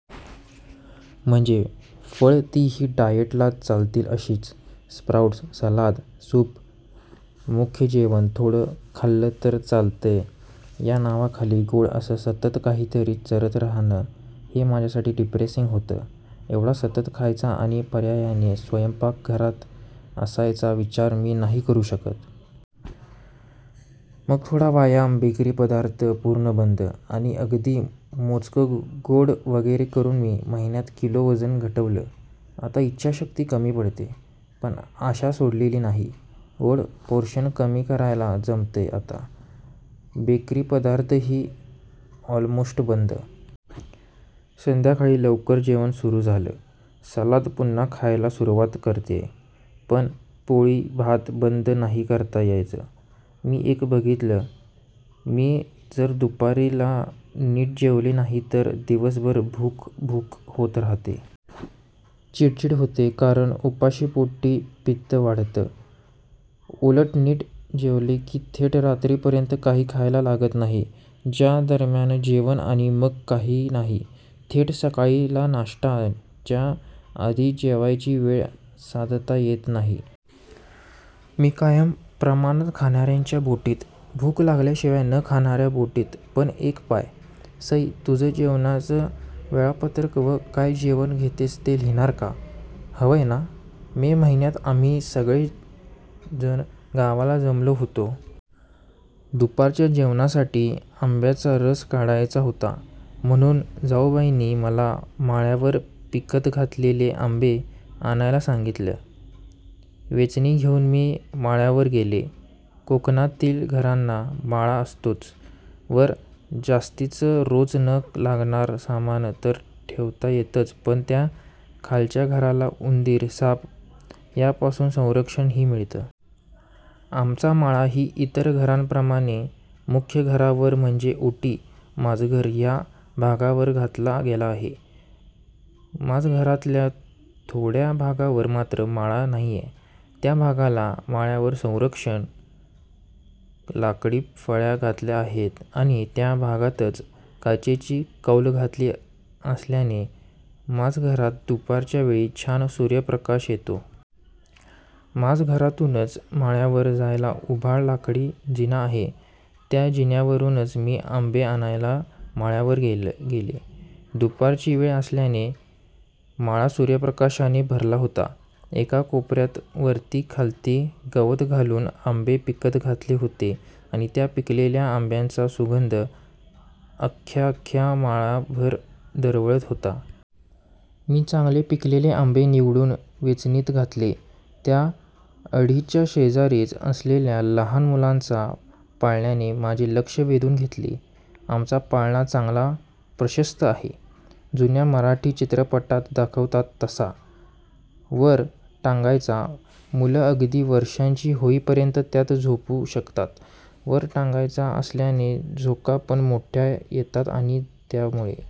म्हणजे फळं- तीही डाएटला चालतील अशीच, स्प्राऊट्स, सलाद, सूप्स, मुख्य जेवण, थोडं खाल्लं तर चालतं या नावाखाली गोड असं सत्तत्त काहीतरी चरत रहाणं हे माझ्यासाठी डिप्रेसिंग होतं. एवढा सतत खायचा आणि पर्यायाने स्वयंपाकघरात असायचा विचार मी नाही करू शकत. मग थोडा व्यायाम, बेकरी पदार्थ पूर्ण बंद, आणि अगदी मोजकं गोड वगैरे करून मी महिन्यांत किलो वजन घटवलं. आता इच्छाशक्ती कमी पडतेय, पण आशा सोडलेली नाही. गोड पोर्शन कमी करायला जमतंय आता. बेकरी पदार्थही ऑलमोस्ट बंद. संध्याकाळी लवकर जेवण सुरू झालं. सलाड पुन्हा खायला सुरूवात करतेय, पण पोळी/ भात बंद नाही करता यायचं. मी एक बघितलं, मी जर दुपारी ला नीट जेवले नाही तर दिवसभर भूक भूक होत रहाते. चिडचिड होते कारण उपाशीपोटी पित्त वाढतं. उलट नीट जेवले की थेट रात्री पर्यंत काही खायला लागत नाही, च्या दर्म्यान जेवण आणि मग काही नाही. थेट सकाळी ला नाश्ता. च्या आधी जेवायची वेळ साधता येत नाही. मी कायम प्रमाणात खाणार्यांच्या बोटीत. भूक लागल्याशिवाय न खाणार्या बोटीत पण एक पाय. सई, तुझं जेवण्याचं वेळापत्रक व काय जेवण घेतेस ते लिहीणार का? >> हवंय ना? मे महिन्यात आम्ही सगळे जणं गावाला जमलो होतो. दुपारच्या जेवणासाठी आंब्याचा रस काढायचा होता, म्हणून जाउबाईंनी मला माळ्यावर पिकत घातलेले आंबे आणायला सांगितलं. वेचणी घेऊन मी माळ्यावर गेले. कोकणातील घरांना माळा असतोच. वर जास्तीच रोज न लागणार सामान तर ठेवता येतच पण त्या खालच्या घराला उंदीर, साप यापासून संरक्षण ही मिळतं. आमचा माळा ही इतर घरांप्रमाणे मुख्य घरावर म्हणजे ओटी, माजघर या भागावर घातला गेला आहे. माजघरातल्या थोडया भागावर मात्र माळा नाहीये. त्या भागाला माळ्यावर संरक्षक लाकडी फळ्या घातल्या आहेत. आणि त्या भागातच काचेची कौल घातली असल्याने माजघरात दुपारच्या वेळी छान सूर्यप्रकाश येतो. माजघरातूनच माळ्यावर जायला उभा लाकडी जिना आहे. त्या जिन्यावरूनच मी आंबे आणायला माळ्यावर गेले. दुपारची वेळ असल्याने माळा सुर्यप्रकाशाने भरला होता. एका कोपऱ्यात वरती खालती गवत घालून आंबे पिकत घातले होते आणि त्या पिकलेल्या आंब्यांचा सुगंध अख्यख्या माळाभर दरवळत होता. मी चांगले पिकलेले आंबे निवडून वेचणीत घातले. त्या अढीच्या शेजारीच असलेल्या लहान मुलांचा पाळण्याने माझे लक्ष वेधून घेतले. आमचा पाळणा चांगला प्रशस्त आहे. जुन्या मराठी चित्रपटात दाखवतात तसा. वर टांगायचा. मुलं अगदी वर्षाची होई पर्यंत त्यात झोपू शकतात. वर टांगायचा असल्याने झोका पण मोठया येतात आणि त्यामुळे